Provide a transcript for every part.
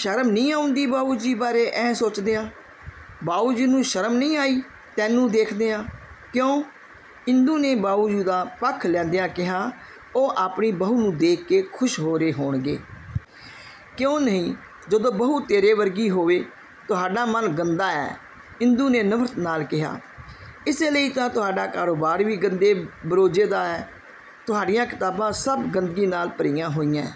ਸ਼ਰਮ ਨੀਂ ਆਉਂਦੀ ਬਾਊਜੀ ਬਾਰੇ ਐਂ ਸੋਚਦਿਆਂ…? " "ਬਾਊਜੀ ਨੂੰ ਸ਼ਰਮ ਨਹੀਂ ਆਈ ਤੈਨੂੰ ਦੇਖਦਿਆਂ….? " "ਕਿਉਂ? " ਇੰਦੂ ਨੇ ਬਾਊਜੀ ਦਾ ਪੱਖ ਲੈਂਦਿਆਂ ਕਿਹਾ, "ਉਹ ਆਪਣੀ ਬਹੂ ਨੂੰ ਦੇਖ ਕੇ ਖੁਸ਼ ਹੋ ਰਹੇ ਹੋਣਗੇ। " "ਕਿਉਂ ਨਹੀਂ! ਜਦੋਂ ਬਹੂ ਤੇਰੇ ਵਰਗੀ ਹੋਵੇ। " "ਤੁਹਾਡਾ ਮਨ ਗੰਦਾ ਐ," ਇੰਦੂ ਨੇ ਨਫ਼ਰਤ ਨਾਲ ਕਿਹਾ, "ਇਸੇ ਲਈ ਤਾਂ ਤੁਹਾਡਾ ਕਾਰੋਬਾਰ ਵੀ ਗੰਦੇ ਬਰੋਜੇ ਦਾ ਐ। ਤੁਹਾਡੀਆਂ ਕਿਤਾਬਾਂ ਸਭ ਗੰਦਗੀ ਨਾਲ ਭਰੀਆਂ ਹੋਈਐਂ।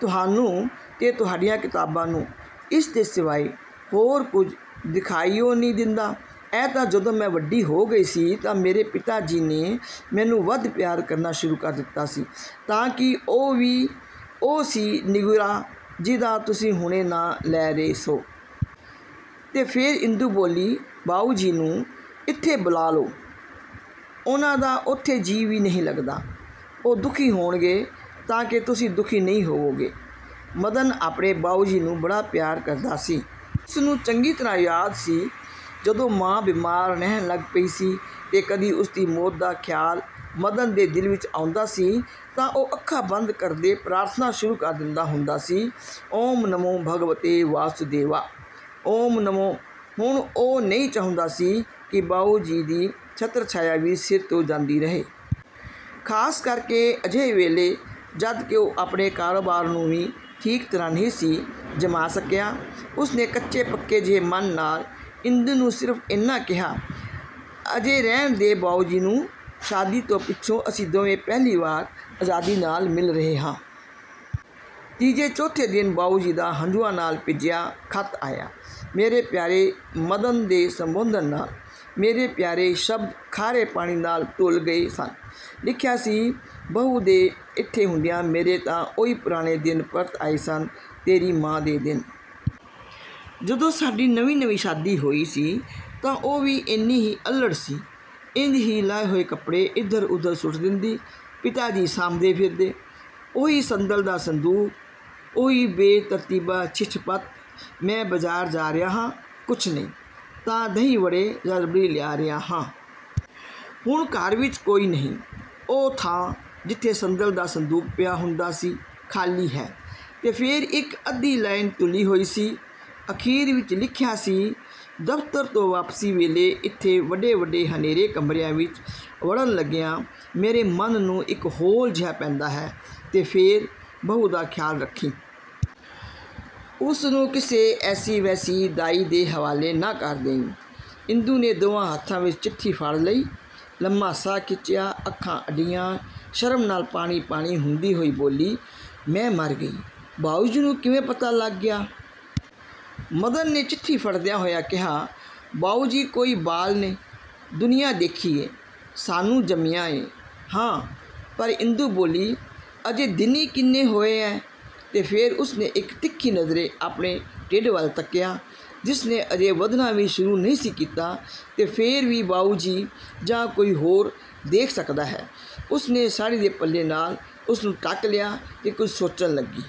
ਤੁਹਾਨੂੰ ਤੇ ਤੁਹਾਡੀਆਂ ਕਿਤਾਬਾਂ ਨੂੰ ਇਸ ਦੇ ਸਿਵਾਏ ਹੋਰ ਕੁਝ ਦਿਖਾਈ ਓ ਨੀਂ ਦਿੰਦਾ। ਐਂ ਤਾਂ ਜਦੋਂ ਮੈਂ ਵੱਡੀ ਹੋ ਗਈ ਸੀ ਤਾਂ ਮੇਰੇ ਪਿਤਾ ਜੀ ਨੇ ਮੈਨੂੰ ਵਧ ਪਿਆਰ ਕਰਨਾ ਸ਼ੁਰੂ ਕਰ ਦਿਤਾ ਸੀ ਤਾਂ ਕੀ ਉਹ ਵੀ-ਉਹ ਸੀ ਨਿਗੁਰਾ-ਜੀਹਦਾ ਤੁਸੀਂ ਹੁਣੇ ਨਾਂਅ ਲੈ ਰਹੇ ਸੌ? " ਤੇ ਫੇਰ ਇੰਦੂ ਬੋਲੀ, "ਬਾਊਜੀ ਨੂੰ ਇੱਥੇ ਬੁਲਾਅ ਲਓ। ਉਹਨਾਂ ਦਾ ਉੱਥੇ ਜੀਅ ਵੀ ਨਹੀਂ ਲੱਗਦਾ। ਉਹ ਦੁਖੀ ਹੋਣਗੇ ਤਾਂ ਕੀ ਤੁਸੀਂ ਦੁਖੀ ਨਹੀਂ ਹੋਵੋਗੇ? " ਮਦਨ ਆਪਣੇ ਬਾਊਜੀ ਨੂੰ ਬੜਾ ਪਿਆਰ ਕਰਦਾ ਸੀ। ਉਸਨੂੰ ਚੰਗੀ ਤਰ੍ਹਾਂ ਯਾਦ ਸੀ-ਜਦੋਂ ਮਾਂ ਬਿਮਾਰ ਰਹਿਣ ਲੱਗ ਪਈ ਸੀ ਤੇ ਕਦੀ ਉਸਦੀ ਮੌਤ ਦਾ ਖ਼ਿਆਲ ਮਦਨ ਦੇ ਦਿਲ 'ਚ ਆਉਂਦਾ ਸੀ ਤਾਂ ਉਹ ਅੱਖਾਂ ਬੰਦ ਕਰਦੇ ਪ੍ਰਾਰਥਨਾਂ ਸ਼ੁਰੂ ਕਰ ਦਿੰਦਾ ਹੁੰਦਾ ਸੀ-'ਓਮ ਨਮੋ ਭਗਵਤੇ ਵਾਸੁਦੇਵਾ… ਓਮ ਨਮੋ… ' ਹੁਣ ਉਹ ਨਹੀਂ ਚਾਹੁੰਦਾ ਸੀ ਕਿ ਬਾਊਜੀ ਦੀ ਛਤਰਛਾਇਆ ਵੀ ਸਿਰ ਤੋਂ ਜਾਂਦੀ ਰਹੇ। ਖਾਸ ਕਰਕੇ ਅਜਿਹੇ ਵੇਲੇ ਜਦਕਿ ਉਹ ਆਪਣੇ ਕਾਰੋਬਾਰ ਨੂੰ ਵੀ ਠੀਕ ਤਰ੍ਹਾਂ ਨਹੀਂ ਸੀ ਜਮਾਅ ਸਕਿਆ। ਉਸਨੇ ਕੱਚੇ–ਪੱਕੇ ਜਿਹੇ ਮਨ ਨਾਲ ਇੰਦੂ ਨੂੰ ਸਿਰਫ ਏਨਾ ਕਿਹਾ-"ਅਜੇ ਰਹਿਣ ਦੇ ਬਾਊਜੀ ਨੂੰ। ਸ਼ਾਦੀ ਤੋਂ ਪਿੱਛੋਂ ਅਸੀਂ ਦੋਵੇਂ ਪਹਿਲੀ ਵਾਰ ਆਜ਼ਾਦੀ ਨਾਲ ਮਿਲ ਰਹੇ ਹਾਂ। " ਤੀਜੇ ਚੌਥੇ ਦਿਨ ਬਾਊਜੀ ਦਾ ਹੰਝੂਆਂ ਨਾਲ ਭਿੱਜਿਆ ਖ਼ਤ ਆਇਆ-ਮੇਰੇ ਪਿਆਰੇ ਮਦਨ ਦੇ ਸੰਬੋਧਨ ਨਾਲ। 'ਮੇਰੇ ਪਿਆਰੇ' ਸ਼ਬਦ ਖਾਰੇ ਪਾਣੀ ਨਾਲ ਧੁਲ ਗਏ ਸਨ। ਲਿਖਿਆ ਸੀ- 'ਬਹੂ ਦੇ ਇੱਥੇ ਹੁੰਦਿਆਂ ਮੇਰੇ ਤਾਂ ਉਹੀ ਪੁਰਾਣੇ ਦਿਨ ਪਰਤ ਆਏ ਸਨ-ਤੇਰੀ ਮਾਂ ਦੇ ਦਿਨ। ਜਦੋਂ ਸਾਡੀ ਨਵੀਂ ਨਵੀਂ ਸ਼ਾਦੀ ਹੋਈ ਸੀ, ਤਾਂ ਉਹ ਵੀ ਏਨੀ ਹੀ ਅੱਲ੍ਹੜ ਸੀ। ਇੰਜ ਹੀ ਲਾਹੇ ਹੋਏ ਕਪੜੇ ਇਧਰ ਉਧਰ ਸੁੱਟ ਦਿੰਦੀ-ਪਿਤਾਜੀ ਸਾਂਭਦੇ ਫਿਰਦੇ। ਉਹੀ ਸੰਦਲ ਦਾ ਸੰਦੂਕ, ਉਹੀ ਬੇਤਰਤੀਬਾ ਛਿਛਪੱਤ। ਮੈਂ ਬਾਜ਼ਾਰ ਜਾ ਰਿਹਾ ਹਾਂ, ਕੁਛ ਨਹੀਂ ਤਾਂ ਦਹੀਂ ਵੜੇ ਜਾਂ ਰਬੜੀ ਲਿਆ ਰਿਹਾ ਹਾਂ। ਹੁਣ ਘਰ ਵਿਚ ਕੋਈ ਨਹੀਂ। ਉਹ ਥਾਂ, ਜਿੱਥੇ ਸੰਦਲ ਦਾ ਸੰਦੂਕ ਪਿਆ ਹੁੰਦਾ ਸੀ, ਖ਼ਾਲੀ ਹੈ… ' ਤੇ ਫੇਰ ਇਕ ਅੱਧੀ ਲਾਈਨ ਧੁਲੀ ਹੋਈ ਸੀ। ਅਖ਼ੀਰ ਵਿਚ ਲਿਖਿਆ ਸੀ- 'ਦਫ਼ਤਰ ਤੋਂ ਵਾਪਸੀ ਵੇਲੇ ਇੱਥੇ ਵੱਡੇ ਵੱਡੇ ਹਨੇਰੇ ਕਮਰਿਆਂ ਵਿਚ ਵੜਨ ਲੱਗਿਆਂ ਮੇਰੇ ਮਨ ਨੂੰ ਇਕ ਹੌਲ ਜਿਹਾ ਪੈਂਦਾ ਹੈ'- ਤੇ ਫੇਰ- 'ਬਹੂ ਦਾ ਖ਼ਿਆਲ ਰੱਖੀਂ। ਉਸਨੂੰ ਕਿਸੇ ਐਸੀ ਵੈਸੀ ਦਾਈ ਦੇ ਹਵਾਲੇ ਨਾ ਕਰ ਦੇਵੀਂ। ' ਇੰਦੂ ਨੇ ਦੋਵਾਂ ਹੱਥਾਂ ਵਿਚ ਚਿੱਠੀ ਫੜ੍ਹ ਲਈ, ਲੰਮਾਂ ਸਾਹ ਖਿੱਚਿਆ, ਅੱਖਾਂ ਅੱਡੀਆਂ, ਸ਼ਰਮ ਨਾਲ ਪਾਣੀ ਪਾਣੀ ਹੁੰਦੀ ਹੋਈ ਬੋਲੀ-"ਮੈਂ ਮਰ ਗਈ, ਬਾਊਜੀ ਨੂੰ ਕਿਵੇਂ ਪਤਾ ਲੱਗ ਗਿਆ? " ਮਦਨ ਨੇ ਚਿੱਠੀ ਫੜ੍ਹਦਿਆਂ ਹੋਇਆਂ ਕਿਹਾ-"ਬਾਊਜੀ ਕੋਈ ਬਾਲ ਨੇ? ਦੁਨੀਆਂ ਦੇਖੀ ਏ, ਸਾਨੂੰ ਜੰਮਿਆਂ ਏਂ। " "ਹਾਂ, ਪਰ? " ਇੰਦੂ ਬੋਲੀ, "ਅਜੇ ਦਿਨ ਈ ਕਿੰਨੇ ਹੋਏ ਐ? " ਤੇ ਫੇਰ ਉਸਨੇ ਇਕ ਤਿੱਖੀ ਨਜ਼ਰੇ ਆਪਣੇ ਢਿੱਡ ਵੱਲ ਤੱਕਿਆ ਜਿਸਨੇ ਅਜੇ ਵਧਣਾ ਵੀ ਸ਼ੁਰੂ ਨਹੀਂ ਸੀ ਕੀਤਾ ਤੇ ਫੇਰ ਵੀ ਬਾਊਜੀ ਜਾਂ ਕੋਈ ਹੋਰ ਦੇਖ ਸਕਦਾ ਹੈ; ਉਸਨੇ ਸਾੜ੍ਹੀ ਦੇ ਪੱਲੇ ਨਾਲ ਉਸਨੂੰ ਢਕ ਲਿਆ ਤੇ ਕੁਝ ਸੋਚਣ ਲੱਗੀ।